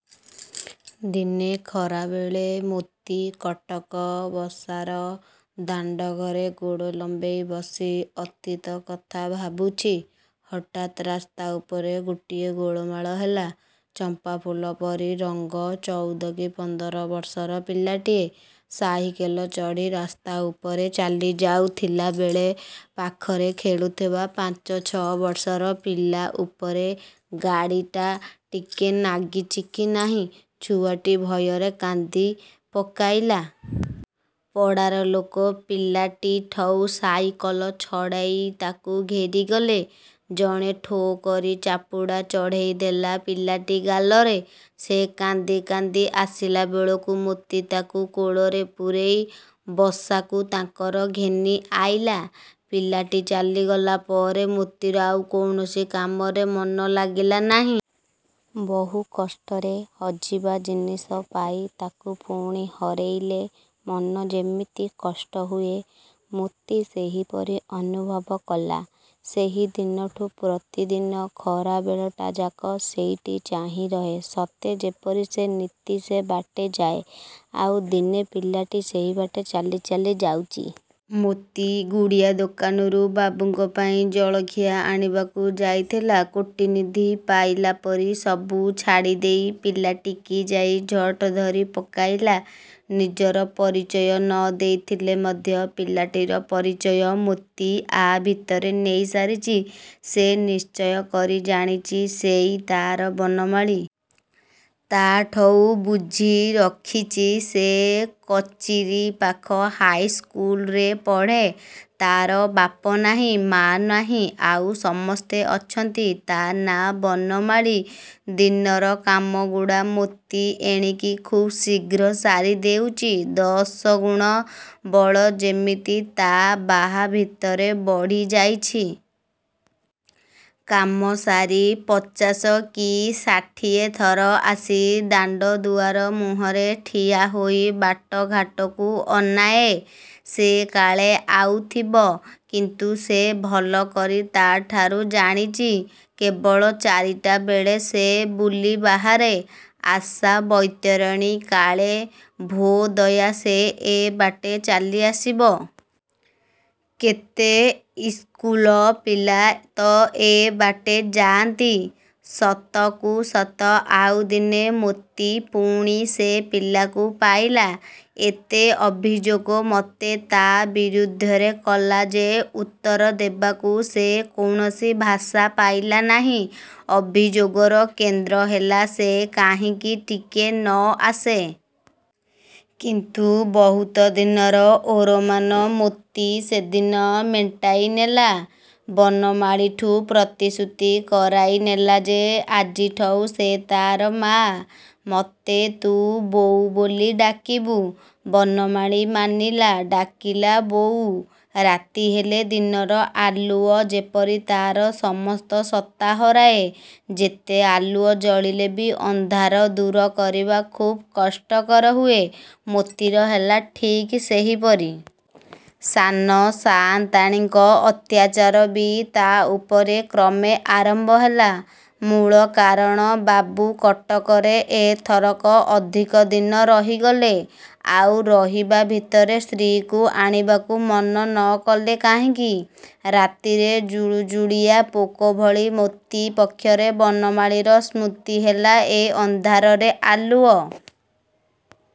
ଦିନେ ଖରାବେଳେ ମୋତି କଟକ ବସାର ଦାଣ୍ଡଘରେ ଗୋଡ଼ ଲମ୍ବେଇ ବସି ଅତୀତ କଥା ଭାବୁଛି-ହଠାତ୍ ରାସ୍ତା ଉପରେ ଗୋଟାଏ ଗୋଳମାଳ ହେଲା। ଚମ୍ପାଫୁଲ ପରି ରଙ୍ଗ, ଚଉଦ କି ପନ୍ଦର ବର୍ଷର ପିଲାଟିଏ। ସାଇକଲ ଚଢ଼ି ରସ୍ତାଉପରେ ଚାଲି ଯାଉଥିଲାବେଳେ ପାଖରେ ଖେଳୁଥିବା ପାଞ୍ଚ ଛ ବର୍ଷର ପିଲା ଉପରେ ଗାଡ଼ିଟା ଟିକେ ନାଗିଛି କି ନାହିଁ; ଛୁଆଟି ଭୟରେ କାନ୍ଦି ପକାଇଲା। ପଡ଼ାର ଲୋକ ପିଲାଟିଠଉଁ ସାଇକଲ ଛଡ଼େଇ ତାକୁ ଘେରି ଗଲେ। ଜଣେ ଠୋ କରି ଚାପୁଡ଼ା ଚଢ଼େଇ ଦେଲା ପିଲାଟି ଗାଲରେ। ସେ କାନ୍ଦି କାନ୍ଦି ଆସିଲାବେଳକୁ ମୋତି ତାକୁ କୋଳରେ ପୂରେଇ ବସାକୁ ତାଙ୍କର ଘେନି ଆଇଲା। ପିଲାଟି ଚାଲିଗଲା ପରେ ମୋତିର ଆଉ କୌଣସି କାମରେ ମନ ଲାଗିଲା ନାହିଁ। ବହୁ କଷ୍ଟରେ ହଜିବା ଜିନିଷ ପାଇ ତାକୁ ପୁଣି ହରେଇଲେ, ମନ ଯେମିତି କଷ୍ଟ ହୁଏ; ମୋତି ସେହିପରି ଅନୁଭବ କଲା। ସେହିଦିନଠୁ ପ୍ରତିଦିନ ଖରାବେଳଟାଯାକ ସେଇଠି ଚାହିଁରହେ ସତେ ଯେପରି ସେ ନିତି ସେ ବାଟେ ଯାଏ। ଆଉ ଦିନେ ପିଲାଟି ସେହିବାଟେ ଚାଲି ଚାଲି ଯାଉଚି। ମୋତି ଗୁଡ଼ିଆ ଦୋକାନରୁ ବାବୁଙ୍କ ପାଇଁ ଜଳଖିଆ ଆଣିବାକୁ ଯାଇଥିଲା। କୋଟିନିଧି ପାଇଲା ପରି ସବୁ ଛାଡ଼ିଦେଇ ପିଲାଟିକି ଯାଇଁ ଝଟ୍ ଧରି ପକାଇଲା। ନିଜର ପରିଚୟ ନ ଦେଇଥିଲେ ମଧ୍ୟ ପିଲାଟିର ପରିଚୟ ମୋତି ଆ' ଭିତରେ ନେଇ ସାରିଚି। ସେ ନିଶ୍ଚୟ କରି ଜାଣିଚି, ସେଇ ତାର ବନମାଳି। ତା ଠଉଁ ବୁଝି, ରଖିଛି, ସେ କଚିରି ପାଖ ହାଇସ୍କୁଲରେ ପଢ଼େ। ତାର ବାପ ନାହିଁ, ମା ନାହିଁ। ଆଉ ସମସ୍ତେ ଅଛନ୍ତି-ତା ନାଁ ବନମାଳି-। ଦିନର କାମଗୁଡ଼ା ମୋତି ଏଣିକି ଖୁବ୍ ଶୀଘ୍ର ସାରି ଦେଉଚି। ଦଶଗୁଣ ବଳ ଯେମିତି ତା ବାହା ଭିତରେ ବଢ଼ି ଯାଇଛି। କାମ ସାରି ପଚାଶ କି ଷାଠିଏ ଥର ଆସି ଦାଣ୍ଡ ଦୁଆର ମୁହଁରେ ଠିଆ ହୋଇ ବାଟଘାଟକୁ ଅନାଏଁ-ସେ କାଳେ ଆଉଥିବ। କିନ୍ତୁ ସେ ଭଲ କରି ତା'ଠାରୁ ଜାଣିଚି, କେବଳ ଚାରିଟାବେଳେ ସେ ବୁଲି ବାହାରେ। ଆଶା ବୈତରଣୀ, କାଳେ ଭୋଦୟା ସେ ଏ ବାଟେ ଚାଲିଆସିବ। କେତେ ଇସ୍କୁଲ ପିଲା ତ ଏ ବାଟେ ଯାଆନ୍ତି। ସତକୁସତ ଆଉ ଦିନେ ମୋତି ପୁଣି ସେ ପିଲାକୁ ପାଇଲା। ଏତେ ଅଭିଯୋଗ ମୋତେ ତା ବିରୁଦ୍ଧରେ କଲା ଯେ ଉତ୍ତର ଦେବାକୁ ସେ କୌଣସି ଭାଷା ପାଇଲା ନାହିଁ। ଅଭିଯୋଗର କେନ୍ଦ୍ର ହେଲା-ସେ କାହିଁକି ଟିକେ ନ ଆସେ। କିନ୍ତୁ ବହୁତ ଦିନର ଓରମାନ ମୋତି ସେଦିନ ମେଣ୍ଟାଇ ନେଲା। ବନମାଳିଠୁ ପ୍ରତିଶ୍ରୁତି କରାଇ ନେଲା ଯେ ଆଜିଠଉଁ ସେ ତାର 'ମା'। "ମୋତେ ତୁ ବୋଉ ବୋଲି ଡାକିବୁ। " ବନମାଳି ମାନିଲା, ଡାକିଲା-'ବୋଉ। " ରାତି ହେଲେ ଦିନର ଆଲୁଅ ଯେପରି ତାର ସମସ୍ତ ସତ୍ତା ହରାଏ, ଯେତେ ଆଲୁଅ ଜଳିଲେ ବି ଅନ୍ଧାର ଦୂର କରିବା ଖୁବ୍ କଷ୍ଟକର ହୁଏ, ମୋତିର ହେଲା ଠିକ୍ ସେହିପରି। ସାନ ସାନ୍ତାଣିଙ୍କ ଅତ୍ୟାଚାର ବି ତା ଉପରେ କ୍ରମେ ଆରମ୍ଭ ହେଲା। -ମୂଳ କାରଣ, ବାବୁ କଟକରେ ଏ ଥରକ ଅଧିକ ଦିନ ରହିଗଲେ-ଆଉ ରହିବା ଭିତରେ ସ୍ତ୍ରୀଙ୍କୁ ଆଣିବାକୁ ମନ ନ କଲେ କାହିଁକି। ରାତିରେ ଜୁଳୁଜୁଳିଆ ପୋକ ଭଳି ମୋତି ପକ୍ଷରେ ବନମାଳିର ସ୍ମୃତି ହେଲା ଏ ଅନ୍ଧାରରେ ଆଲୁଅ;